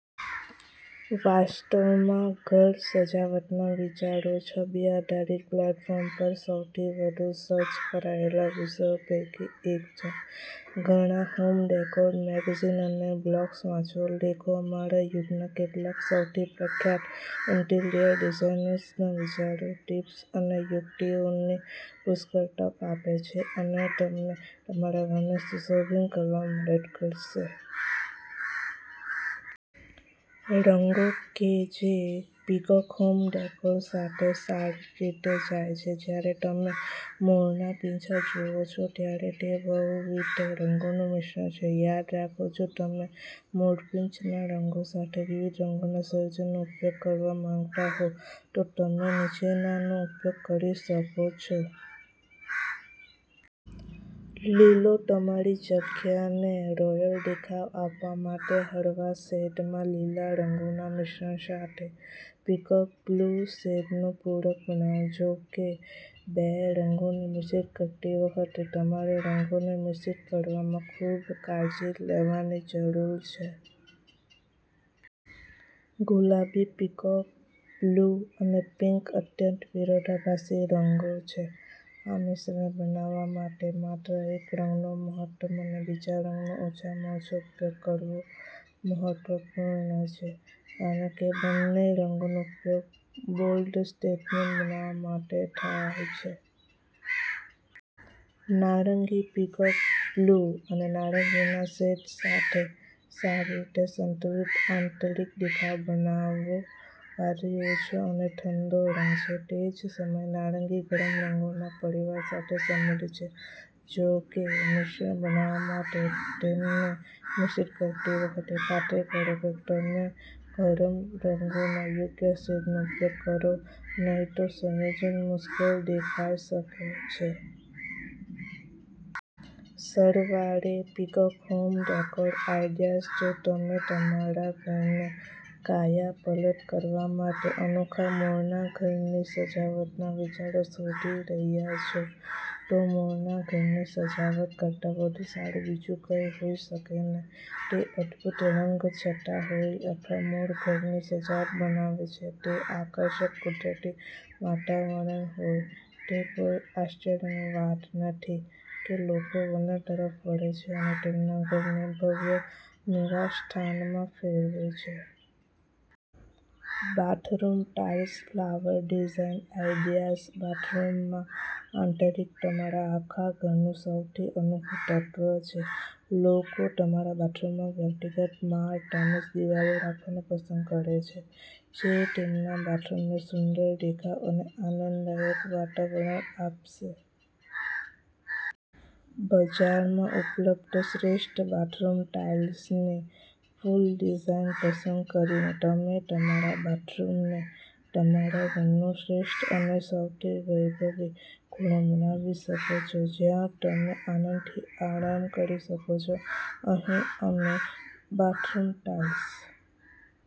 વાસ્તવમાં, ઘર સજાવટના વિચારો છબી-આધારિત પ્લેટફોર્મ પર સૌથી વધુ સર્ચ કરાયેલા વિષયો પૈકી એક છે. ઘણાં હોમ ડેકોર મેગેઝિન અને બ્લોગ્સ વાંચો. લેખો અમારા યુગના કેટલાક સૌથી પ્રખ્યાત ઇન્ટિરિયર ડિઝાઇનર્સના વિચારો, ટિપ્સ અને યુક્તિઓની પુષ્કળ તક આપે છે અને તમને તમારા ઘરને સુશોભિત કરવામાં મદદ કરશે. રંગો કે જે પીકોક હોમ ડેકોર સાથે સારી રીતે જાય છે જ્યારે તમે મોરના પીંછા જુઓ છો, ત્યારે તે બહુવિધ રંગોનું મિશ્રણ છે. યાદ રાખો, જો તમે મોરપીંછના રંગો સાથે વિવિધ રંગોના સંયોજનોનો ઉપયોગ કરવા માંગતા હો, તો તમે નીચેનાનો ઉપયોગ કરી શકો છો. લીલો તમારી જગ્યાને રોયલ દેખાવ આપવા માટે હળવા શેડમાં લીલા રંગોના મિશ્રણ સાથે પીકોક બ્લુ શેડને પૂરક બનાવો. જો કે, બે રંગોને મિશ્રિત કરતી વખતે, તમારે રંગોને મિશ્રિત કરવામાં ખૂબ કાળજી લેવાની જરૂર છે. ગુલાબી પીકોક બ્લુ અને પિંક અત્યંત વિરોધાભાસી રંગો છે. આ મિશ્રણ બનાવવા માટે માત્ર એક રંગનો મહત્તમ અને બીજા રંગનો ઓછામાં ઓછો ઉપયોગ કરવો મહત્વપૂર્ણ છે. કારણ કે બંને રંગોનો ઉપયોગ બોલ્ડ સ્ટેટમેન્ટ બનાવવા માટે થાય છે. નારંગી પીકોક બ્લુ અને નારંગીના શેડ્સ સાથે સારી રીતે સંતુલિત આંતરિક દેખાવ બનાવો. વાદળી આછો અને ઠંડો રંગ છે. તે જ સમયે, નારંગી ગરમ રંગોના પરિવાર સાથે સંબંધિત છે. જો કે, મિશ્રણ બનાવવા માટે તેમને મિશ્રિત કરતી વખતે, ખાતરી કરો કે તમે ગરમ રંગોના યોગ્ય શેડનો ઉપયોગ કરો નહીં તો, સંયોજન મુશ્કેલ દેખાઈ શકે છે. સરવાળે પીકોક હોમ ડેકોર આઈડિયાઝ જો તમે તમારા ઘરને કાયાપલટ કરવા માટે અનોખા મોરનાં ઘરની સજાવટનાં વિચારો શોધી રહ્યાં છો, તો મોરનાં ઘરની સજાવટ કરતાં વધુ સારું બીજું કંઈ હોઈ શકે નહીં. તે અદભૂત રંગછટા હોય અથવા મોર ઘરની સજાવટ બનાવે છે તે આકર્ષક કુદરતી વાતાવરણ હોય, તે કોઈ આશ્ચર્યની વાત નથી કે લોકો વલણ તરફ વળે છે અને તેમના ઘરને ભવ્ય નિવાસસ્થાનમાં ફેરવે છે. Bathroom tiles flower design ideas બાથરૂમનું આંતરિક તમારા આખા ઘરનું સૌથી અનોખું તત્વ છે. લોકો તેમના બાથરૂમમાં વ્યક્તિગત માળ તેમજ દિવાલો રાખવાનું પસંદ કરે છે જે તેમના બાથરૂમને સુંદર દેખાવ અને આનંદદાયક વાતાવરણ આપશે. બજારમાં ઉપલબ્ધ શ્રેષ્ઠ બાથરૂમ ટાઇલ્સની ફૂલ ડિઝાઇન પસંદ કરીને, તમે તમારા બાથરૂમને તમારા ઘરનો શ્રેષ્ઠ અને સૌથી વૈભવી ખૂણો બનાવી શકો છો જ્યાં તમે આનંદથી આરામ કરી શકો છો. અહીં અમે બાથરૂમ ટાઇલ્સ